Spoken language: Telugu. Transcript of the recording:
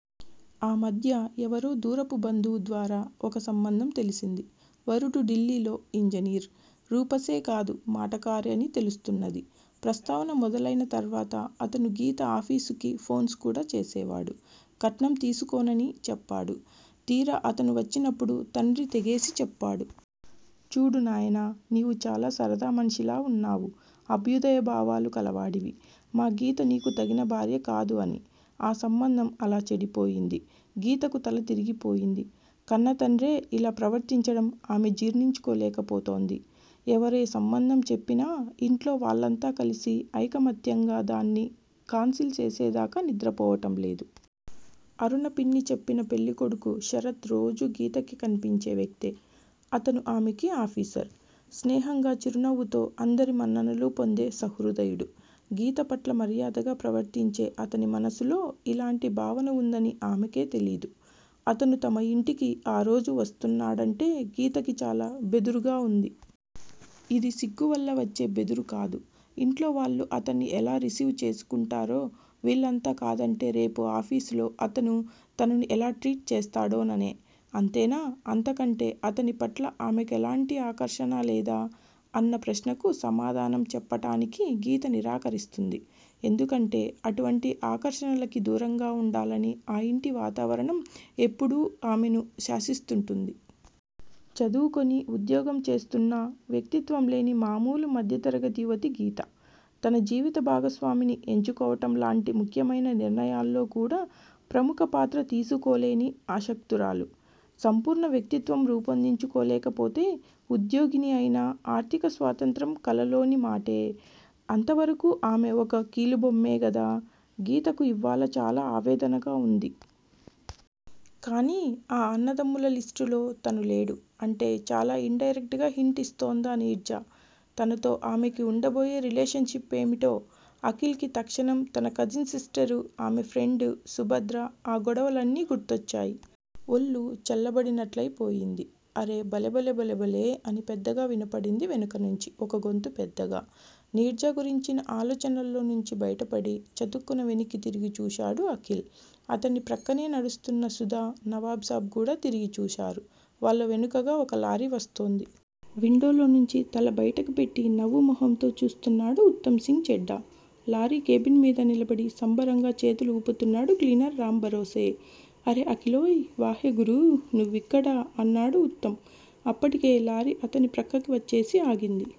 ఆ మధ్య ఎవరో దూరపు బంధువు ద్వారా ఒక సంబంధం తెలిసింది. వరుడు ఢిల్లీలో ఇంజనీర్. రూపసే కాదు మాటకారి అని తెలుస్తున్నది. ప్రస్తావన మొదలయిన తర్వాత అతను గీత ఆఫీసుకి ఫోన్స్ కూడా చేసేవాడు. కట్నం తీసుకోననీ చెప్పాడు. తీరా అతను వచ్చినపుడు తండ్రి తెగేసి చెప్పాడు. చూడు నాయనా! నీవు చాలా సరదా మనిషిలా ఉన్నావు. అభ్యుదయ భావాలు కలవాడివి. మా గీత నీకు తగిన భార్య కాదు అని! ఆ సంబంధం అలా చెడిపోయింది. గీతకు తల తిరిగిపోయింది. కన్నతండ్రే ఇలా ప్రవర్తించడం ఆమె జీర్ణించుకోలేకపోతోంది. ఎవరీ సంబంధం చెప్పినా ఇంట్లో వాళ్ళంతా కలిసి ఐకమత్యంగా దాన్ని కాన్సిల్ చేసేదాకా నిద్రపోవటంలేదు. అరుణ పిన్ని చెప్పిన పెళ్ళికొడుకు శరత్ రోజూ గీతకు కన్పించే వ్యక్తే. అతను ఆమెకి ఆఫీసర్. స్నేహంగా చిరునవ్వుతో అందరి మన్ననలూ పొందే సహృదయుడు. గీత పట్ల మర్యాదగా ప్రవర్తించే అతని మనస్సులో ఇలాంటి భావన ఉందని ఆమెకే తెలీదు. అతను తమ ఇంటికి ఆరోజు వస్తున్నాడంటే గీతకి చాలా బెదురుగా ఉంది. ఇది సిగ్గువల్ల వచ్చే బెదురు కాదు. ఇంట్లోవాళ్ళు అతన్ని ఎలా రిసీవ్ చేసుకుంటారో! వీళ్ళంతా కాదంటే రేపు ఆఫీసులో అతను తనను ఎలా ట్రీట్ చేస్తాడోననే! అంతేనా! అంతకంటే అతని పట్ల ఆమెకెలాంటి ఆకర్షణ లేదా? అన్న ప్రశ్నకు సమాధానం చెప్పటానికి గీత నిరాకరిస్తుంది. ఎందుకంటే అటువంటి ఆకర్షణలకి దూరంగా ఉండాలని ఆ ఇంటి వాతావరణం ఎప్పుడూ ఆమెను శాసిస్తుంటుంది. చదువుకొని ఉద్యోగం చేస్తున్నా వ్యక్తిత్వంలేని మామూలు మధ్యతరగతి యవతి గీత. తన జీవిత భాగస్వామిని ఎంచుకోవటంలాంటి ముఖ్యమైన నిర్ణయాల్లో కూడా ప్రముఖ పాత్ర తీసుకోలేని అశక్తురాలు. సంపూర్ణ వ్యక్తిత్వం రూపొందించుకోలేకపోతే ఉద్యోగిని అయినా ఆర్ధికస్వాతంత్ర్యం కలలోని మాటే. అంతవరకూ ఆమె ఒక కీలుబొమ్మే గదా! గీతకు ఇవ్వాళ చాలా ఆవేదనగా ఉంది. కానీ ఆ అన్నదమ్ముల లిస్టులో తను లేడు! అంటే చాలా ఇన్ డైరెక్ట్ గా హింట్ యిస్తోందా నీర్జా! తనతో ఆమెకి ఉండబోయే రిలేషన్ షిప్ ఏమిటో? అఖిల్ కి తక్షణం తన కజిన్ సిస్టరు, ఆమె ఫ్రెండు, సుభద్ర, ఆ గొడవలు అన్నీ గుర్తొచ్చాయి. ఒళ్ళు చల్లబడినట్లయిపోయింది. అరె! బలెబలెబలెబలే! అని పెద్దగా వినబడింది వెనకనుంచి ఒక గొంతు పెద్దగా! నీర్జా గురించిన ఆలోచనల్లోనుంచి బయటపడి, చతుక్కున వెనక్కి తిరిగి చూశాడు అఖిల్. అతని ప్రక్కనే నడుస్తున్న సుధా, నవాబ్ సాబ్ కూడా తిరిగి చూశారు. వాళ్ళ వెనకగా ఒక లారీ వస్తోంది. విండోలో నుంచి తల బయటికి పెట్టి నవ్వు మొహంతో చూస్తున్నాడు ఉత్తమ్ సింగ్ చెడ్డా. లారీ కేబిన్ మీద నిలబడి సంబరంగా చేతులు వూపుతున్నాడు క్లీనరు రాంభరోసే. అరె అఖీలోయ్! వాహె గురూ! నువ్విక్కడా? అన్నాడు ఉత్తమ్. అప్పటికే లారీ అతని ప్రక్కకి వచ్చేసి ఆగింది.